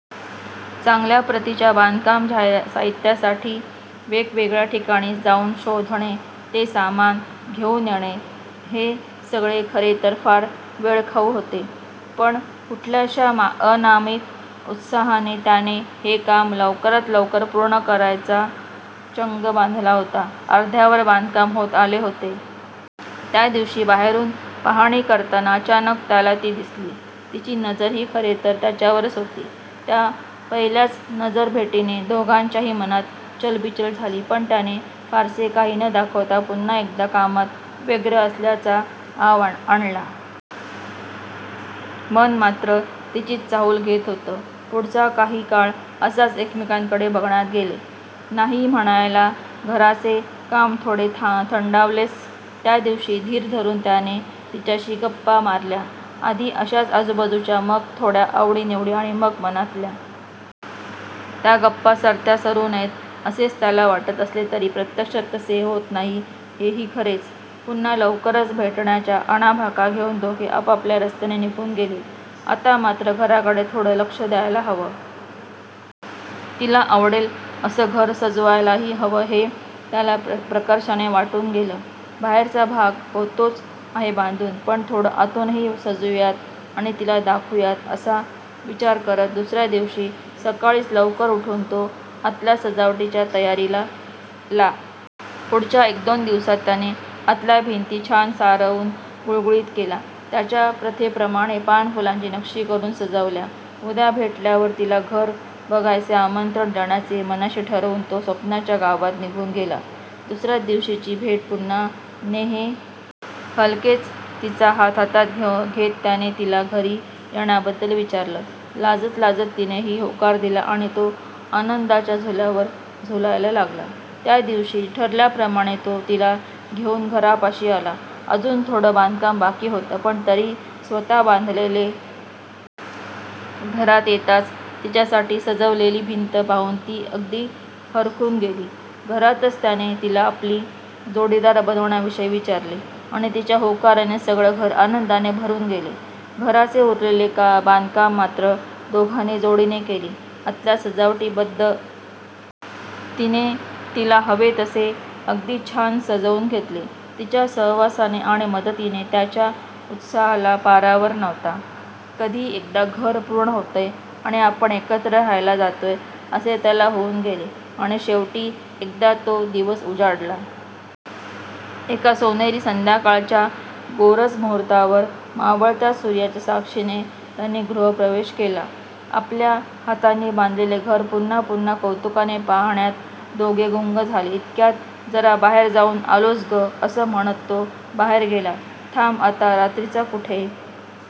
चांगल्या प्रतीच्या बांधकाम साहित्यासाठी वेगवेगळ्या ठिकाणी जाऊन शोधणे. ते सामान घेऊन येणे हे सगळे खरेतर फार वेळखाऊ होते. पण कुठल्याशा अनामिक उत्साहाने त्याने हे काम लवकरात लवकर पूर्ण करायचा चंग बांधला होता. अर्ध्यावर बांधकाम होत आले होते. त्यादिवशी बाहेरून पाहाणी करताना अचानक त्याला ती दिसली. तिची नजरही खरेतर त्याच्यावरच होती. त्या पहिल्याच नजर भेटीने दोघांच्याही मनात चलबिचल झाली. पण त्याने फारसे काही न दाखवता पुन्हा एकदा कामात व्यग्र असल्याचा आव आणला. मन मात्र तिचीच चाहूल घेत होतं. पुढचा काही काळ असाच एकमेकांकडे बघण्यात गेले. नाही म्हणायला घराचे काम थोडे थंडावलेच. त्यादिवशी धीर करून त्याने तिच्याशी गप्पा मारल्या. आधी अशाच आजूबाजूच्या, मग थोड्या आवडी निवडी आणि मग मनातल्या गुजगोष्टी. त्या गप्पा सरत्या सरू नयेत असेच त्याला वाटत असले तरी प्रत्यक्षात तसे होत नाही हे ही खरेच. पुन्हा लवकरच भेटण्याच्या आणाभाका घेऊन दोघे आपापल्या रस्त्याने निघून गेले. आता मात्र घराकडे थोडं लक्ष द्यायला हवं. तीला आवडेल असं घर सजवायलाही हवं हे त्याला प्रकर्षाने वाटून गेलं. 'बाहेरचा भाग होतोच आहे बांधून, पण थोडं आतूनही सजवूयात आणि तीला दाखवूयात' असा विचार करत दुसऱ्यादिवशी सक्काळीच लवकर उठून तो आतल्या सजावटीच्या तयारीला लागला. पुढच्या एकदोन दिवसात त्याने आतल्या भिंती छान सारवून गुळगुळीत केल्या. त्यांच्या प्रथेप्रमाणे पानाफुलांची नक्षी करून सजवल्या. उद्या भेटल्यावर तीला घर बघायचे आमंत्रण देण्याचे मनाशी ठरवून तो स्वप्नांच्या गावात निघून गेला. दुसऱ्या दिवशीची भेट पुन्हा नेहेमीच सारखी नवीन आणि नव्याने ओढ लावणारी ठरली. हलकेच तीचा हात हातात घेत त्याने तीला घरी येण्याबद्दल विचारलं. लाजत लाजत तिनेही होकार दिला आणि तो आनंदाच्या झुल्यावर झुलायला लागला. त्यादिवशी ठरल्याप्रमाणे तो तीला घेऊन घरापाशी आला. अजून थोडं बांधकाम बाकी होतं पण तरी स्वतः बांधलेले घर तीला दाखवण्याचे त्याला भारीच अप्रूप होतं. घरात येताच तिच्यासाठी सजवलेली भिंत पाहून ती अगदी हरखून गेली. घरातच त्याने तीला आपली जोडीदार बनण्याविषयी विचारले आणि तीच्या होकाराने सगळे घर आनंदाने भरून गेले. घराचे उरलेले बांधकाम मात्र दोघांनी जोडीने केले. आतल्या सजावटी बद्दल तिच्या खास सुचना होत्या. तीने तीला हवे तसे अगदी छान सजवून घेतले. तीच्या सहवासाने आणि मदतीने त्याच्या उत्साहाला पारावार नव्हता. कधी एकदा घर पूर्ण होतंय आणि आपण एकत्र राहायला जातोय असे त्याला होऊन गेले. आणि शेवटी एकदा तो दिवस उजाडला. एका सोनेरी संध्याकाळच्या गोरज मुहुर्तावर मावळत्या सूर्याच्या साक्षीने त्यांनी गृहप्रवेश केला. आपल्या हातांनी बांधलेलं घर पुन्हा पुन्हा कौतुकाने पहाण्यात दोघे गुंग झाले. इतक्यात 'जरा बाहेर जाऊन आलोच गं' असं म्हणत तो बाहेर गेला. 'थांब आता रात्रीचा कुठे?